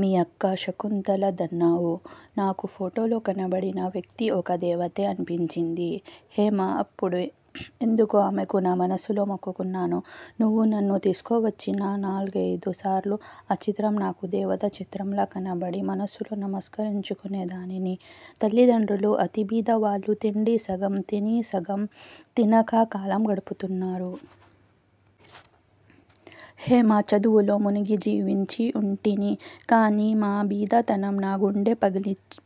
మీ అక్క శకుంతలదన్నావు. నాకా ఫొటోలో కనబడిన వ్యక్తి ఒక దేవతే అనిపించింది హేమా. అప్పుడే ఎందుకో ఆమెకు నా మనస్సులో మొక్కుకొన్నాను. నువ్వు నన్ను తీసుకువచ్చిన నాల్గయిదుసారులు ఆ చిత్రం నాకు దేవతా చిత్రంలా కనబడి మనస్సులో నమస్కరించుకొనేదానిని. తల్లిదండ్రులు అతి బీదవాళ్ళు. తిండి సగం తినీ సగం తినకా కాలం గడుపుతున్నారు. హేమా, చదువులో మునిగి జీవించి ఉంటిని గాని మా బీదతనం నా గుండె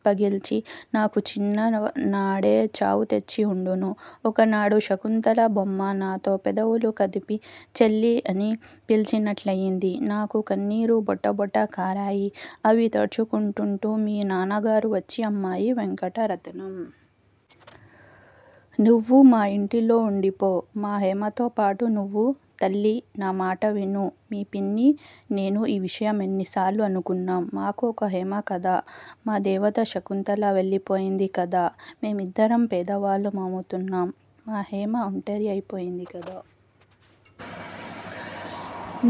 పగిల్చి నాకు చిన్ననాడే చావుతెచ్చిఉండును. ఒకనాడు శకుంతల బొమ్మ నాతో పెదవులు కదిపి చెల్లీ అని పిలచినట్లయింది. నాకు కన్నీరు బొటబొట కారాయి. అవి తుడుచుకొంటూంటే మీ నాన్నగారు వచ్చి అమ్మాయీ వెంకటరత్నం! నువ్వు మా యింటిలో వుండిపో. మా హేమతోపాటే నువ్వు. తల్లీ, నా మాట విను. మీ పిన్నీ, నేనూ ఈ విషయం ఎన్నిసార్లో అనుకున్నాం. మాకు ఒక్క హేమ కదా! మా దేవత శకుంతల వెళ్ళిపోయింది కదా! మేం ఇద్దరం పేదవాళ్ళ మవుతున్నాము. మా హేమ ఒంటరి అయిపోయింది కదా!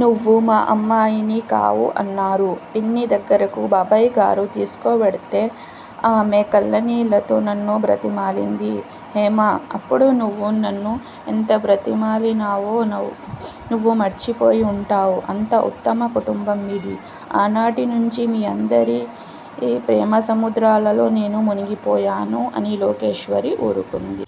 నువ్వు మా అమ్మాయిని కావూ? అన్నారు. పిన్ని దగ్గరకు బాబాయిగారు తీసుకువెడితే, ఆమె కళ్ళనీళ్ళతో నన్ను బ్రతిమాలింది. హేమా! అప్పుడు నువ్వూ నన్ను ఎంత బ్రతిమాలినావో, నువ్వు మరిచిపోయి ఉంటావు. అంత ఉత్తమ కుటుంబం మీది. ఆనాటినుంచీ మీ అందరి ప్రేమసముద్రాలలో నేను మునిగిపోయాను! అని లోకేశ్వరి ఊరుకుంది.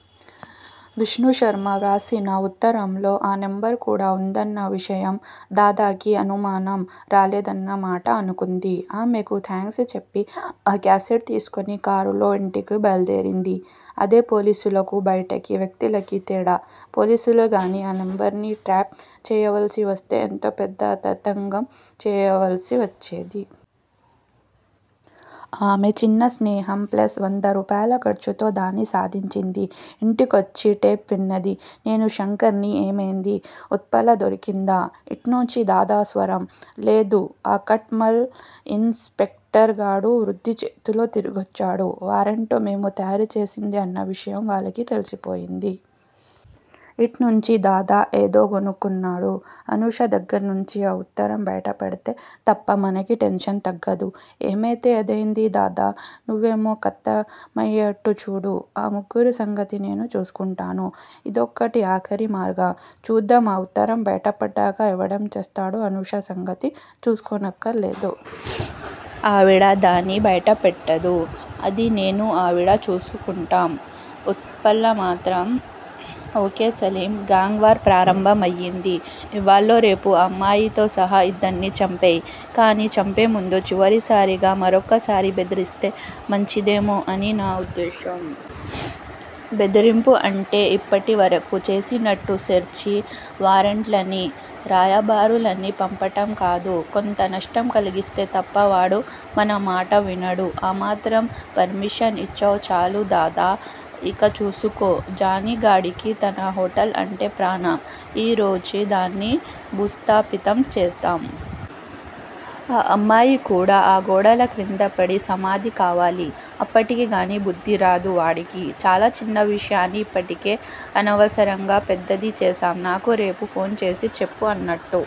విష్ణు శర్మ వ్రాసిన వుత్తరంలో ఆ నెంబర్ కూడా వుందన్న విషయం, దాదాకి అనుమానం రాలేదన్నమాట అనుకుంది. ఆమెకి థాంక్స్ చెప్పి ఆ క్యాసెట్ తీసుకుని కారులో ఇంటికి బయల్దేరింది. అదే పోలీసులకీ, బయటి వ్యక్తులకీ తేడా! పోలీసులే గానీ ఈ నెంబర్ ని ట్రాప్ చేయవలసి వస్తే ఎంతో పెద్ద తతంగం చేయవలసి వచ్చేది. ఆమె చిన్న స్నేహం ప్లస్ వంద రూపాయిల ఖర్చుతో దాన్ని సాధించింది. ఇంటికొచ్చి టేప్ విన్నది. నేనూ శంకర్ ని ఏమైంది? ఉత్పల దొరికిందా? ఇట్నుంచి దాదా స్వరం. లేదు. ఆ కట్ మల్ ఇన్ స్పెక్టర్ గాడు వ్రుత్తిచేతుల్తో తిరిగొచ్చాడు. వారెంటు మేము తయారుచేసిందే అన్న విషయం వాళ్ళకి తెలిసిపోయింది. ఇట్నుంచి దాదా ఏదో గొణుక్కున్నాడు. అనూష దగ్గిర్నుంచి ఆ వుత్తరం బయటపడితే తప్ప మనకీ టెన్షన్ తగ్గదు. ఏమయితే అదయింది దాదా. నువ్వామె ఖతమయ్యేట్టు చూడు. ఈ ముగ్గురి సంగతి నేను చూసుకుంటాను. ఇదొక్కటే ఆఖరి మార్గ. చూద్దాం ఆ వుత్తరం బయట పడ్డాక ఎవడేం చేస్తాడో అనూష సంగతి చూసుకోనక్కర్లేదు. ఆవిడ దాన్ని బయటపెట్టదు. అది నేనూ ఆవిడా చూసుకుంటాం. ఉత్పల మాత్రం okay Salim- gang war ప్రారంభం అయితే అయింది. ఇవ్వాళో రేపో ఆ అమ్మాయితో సహా ఇద్దర్నీ చంపెయ్యి. కానీ చంపేముందు చివరిసారిగా మరొకసారి బెదిరిస్తే మంచిదేమో అని నా వుద్దేశ్యం. బెదిరింపు అంటే ఇప్పటివరకూ చేసినట్టు సెర్చి వారెంట్లని- రాయబారులని పంపటం కాదు. కొంత నష్టం కలిగిస్తే తప్ప వాడు మనమాట వినడు. ఆ మాత్రం పర్మిషన్ ఇచ్చావ్ చాలు దాదా! ఇక చూసుకో! జానీగాడికి తన హొటల్ అంటే ప్రాణం. ఈ రోజే దాన్ని భూస్థాపితం చేస్తాం. ఆ అమ్మాయి కూడా ఆ గోడల క్రిందపడి సమాధి కావాలి. అప్పటికి గానీ బుద్ధిరాదు వాడికి. చాలా చిన్న విషయాన్ని ఇప్పటికే అనవసరంగా పెద్దది చేసాం నాకు రేపు ఫోన్ చేసి చెప్పు. అన్నట్టు